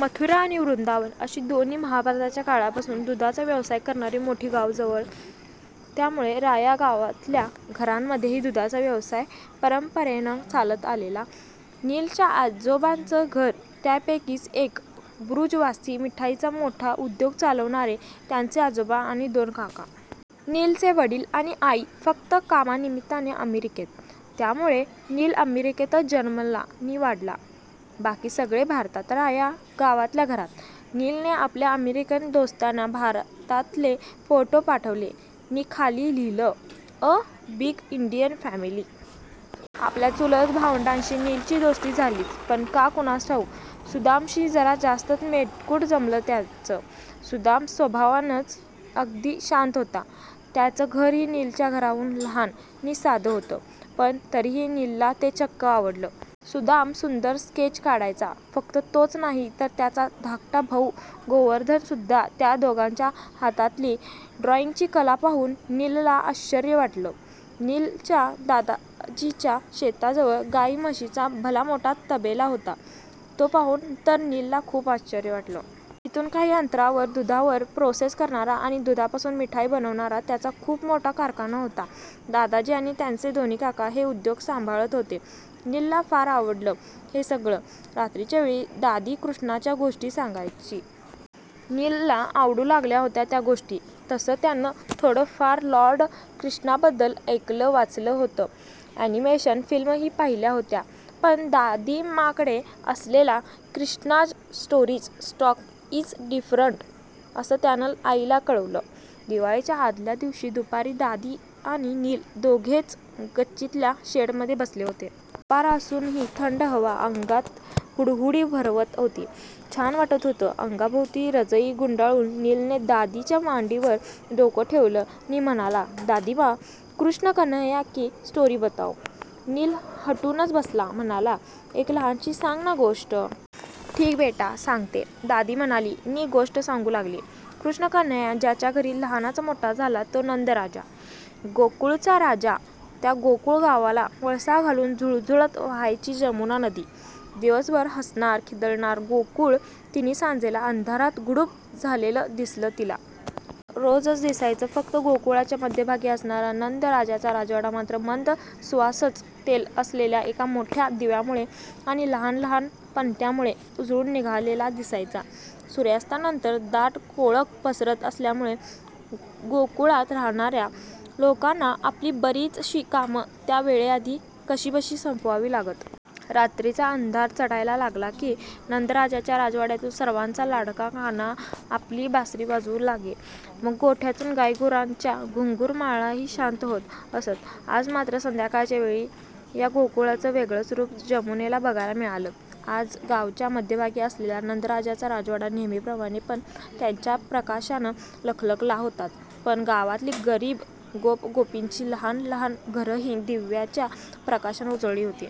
मथुरा आणि वृन्दावन अशी दोन्ही महाभारताच्या काळापासून दुधाचा व्यवसाय करणारी मोठी गावं जवळ. त्यामुळे राया गावातल्या घरांमध्येही दुधाचा व्यवसाय परंपरेनं चालत आलेला. नीलच्या आजोबांचं घर त्यापैकीच एक. बृजवासी मिठाईचा मोठा उद्योग चालवणारे त्याचे आजोबा आणि दोन काका. नीलचे वडील आणि आई फक्त कामानिमित्ताने अमेरिकेत. त्यामुळे नील अमेरिकेतच जन्मला नि वाढला. बाकी सगळे भारतात, राया गावातल्या घरात. नीलने आपल्या अमेरिकन दोस्तांना भारतातले फोटो पाठवले नि खाली लिहिलं... 'अ बिग इंडियन फॅमिली'... आपल्या चुलत भावंडांशी नीलची दोस्ती झालीच, पण का कुणास ठाऊक सुदामशी जरा जास्तच मेतकूट जमलं त्याचं. सुदाम स्वभावानं अगदी शांत होता. त्याचं घरही नीलच्या घराहून लहान नि साधं होतं. पण तरीही नीलला ते चक्क आवडलं. सुदाम सुंदर स्केच काढायचा. फक्त तोच नाही तर त्याचा धाकटा भाऊ गोवर्धनसुद्धा. त्या दोघांच्या हातातली ड्रॉइंगची कला पाहून नीलला आश्चर्य वाटलं. नीलच्या दादाजींच्या शेताजवळ गाई-म्हशींचा भलामोठा तबेला होता. तो पाहून तर नीलला खूप आश्चर्य वाटलं. तिथून काही अंतरावर दुधावर प्रोसेस करणारा आणि दुधापासून मिठाई बनवणारा त्यांचा खूप मोठा कारखाना होता. दादाजी आणि त्याचे दोन्ही काका हे उद्योग सांभाळत होते. नीलला फार आवडलं हे सगळं. रात्रीच्या वेळी दादी कृष्णाच्या गोष्टी सांगायची. नीलला आवडू लागल्या होत्या त्या गोष्टी. तसं त्यानं थोडंफार लॉर्ड क्रिष्णाबद्दल ऐकलं-वाचलं होतं. अॅनिमेशन फिल्मही पाहिल्या होत्या. पण, 'दादीमाकडे असलेला Krishna's stories stock is different,' असं त्यानं आईला कळवलं. दिवाळीच्या आदल्या दिवशी दुपारी दादी आणि नील दोघेच गच्चीतल्या शेडमध्ये बसले होते. दुपार असूनही थंड हवा अंगात हुडहुडी भरवत होती. छान वाटत होतं. अंगाभोवती रजई गुंडाळून नीलने दादीच्या मांडीवर डोकं ठेवलं नि म्हणाला, "दादीमा... क्रिष्ण कन्हैय्या की स्टोरी बताओ. " नील हटूनच बसला. म्हणाला, "एक लहानशी सांग ना गोष्ट. " "ठीक बेटा, सांगते. " दादी म्हणाली नि गोष्ट सांगू लागली. 'कृष्णकन्हैय्या ज्याच्या घरी लहानाचा मोठा झाला तो नंद राजा. गोकुळचा राजा. त्या गोकुळ गावाला वळसा घालून झुळझुळत वाहायची जमुना नदी. दिवसभर हसणारं, खिदळणारं गोकुळ तिन्हीसांजेला अंधारात गुडूप झालेलं दिसलं तिला. रोजच दिसायचं. फक्त गोकुळाच्या मध्यभागी असणारा नंदराजाचा राजवाडा मात्र, मंद सुवासाचं तेल असलेल्या एका मोठ्या दिव्यामुळे आणि लहान लहान पणत्यांमुळे उजळून निघालेला दिसायचा. सूर्यास्तानंतर दाट काळोख पसरत असल्यामुळे गोकुळात राहणाऱ्या लोकांना आपली बरीचशी कामं त्या वेळेआधी कशीबशी संपवावी लागत. रात्रीचा अंधार चढायला लागला की, नंदराजाच्या राजवाड्यातून सर्वांचा लाडका कान्हा आपली बासरी वाजवू लागे. मग गोठ्यांतून गाई-गुरांच्या घुंगुरमाळाही शांत होत असत. आज मात्र संध्याकाळच्या वेळी या गोकुळाचं वेगळंच रूप जमुनेला बघायला मिळालं. आज गावाच्या मध्यभागी असलेला नंदराजाचा राजवाडा नेहमीप्रमाणे पणत्यांच्या प्रकाशानं लखलखला होताच, पण गावातली गरीब गोप-गोपींची लहान लहान घरंही दिव्याच्या प्रकाशानं उजळली होती.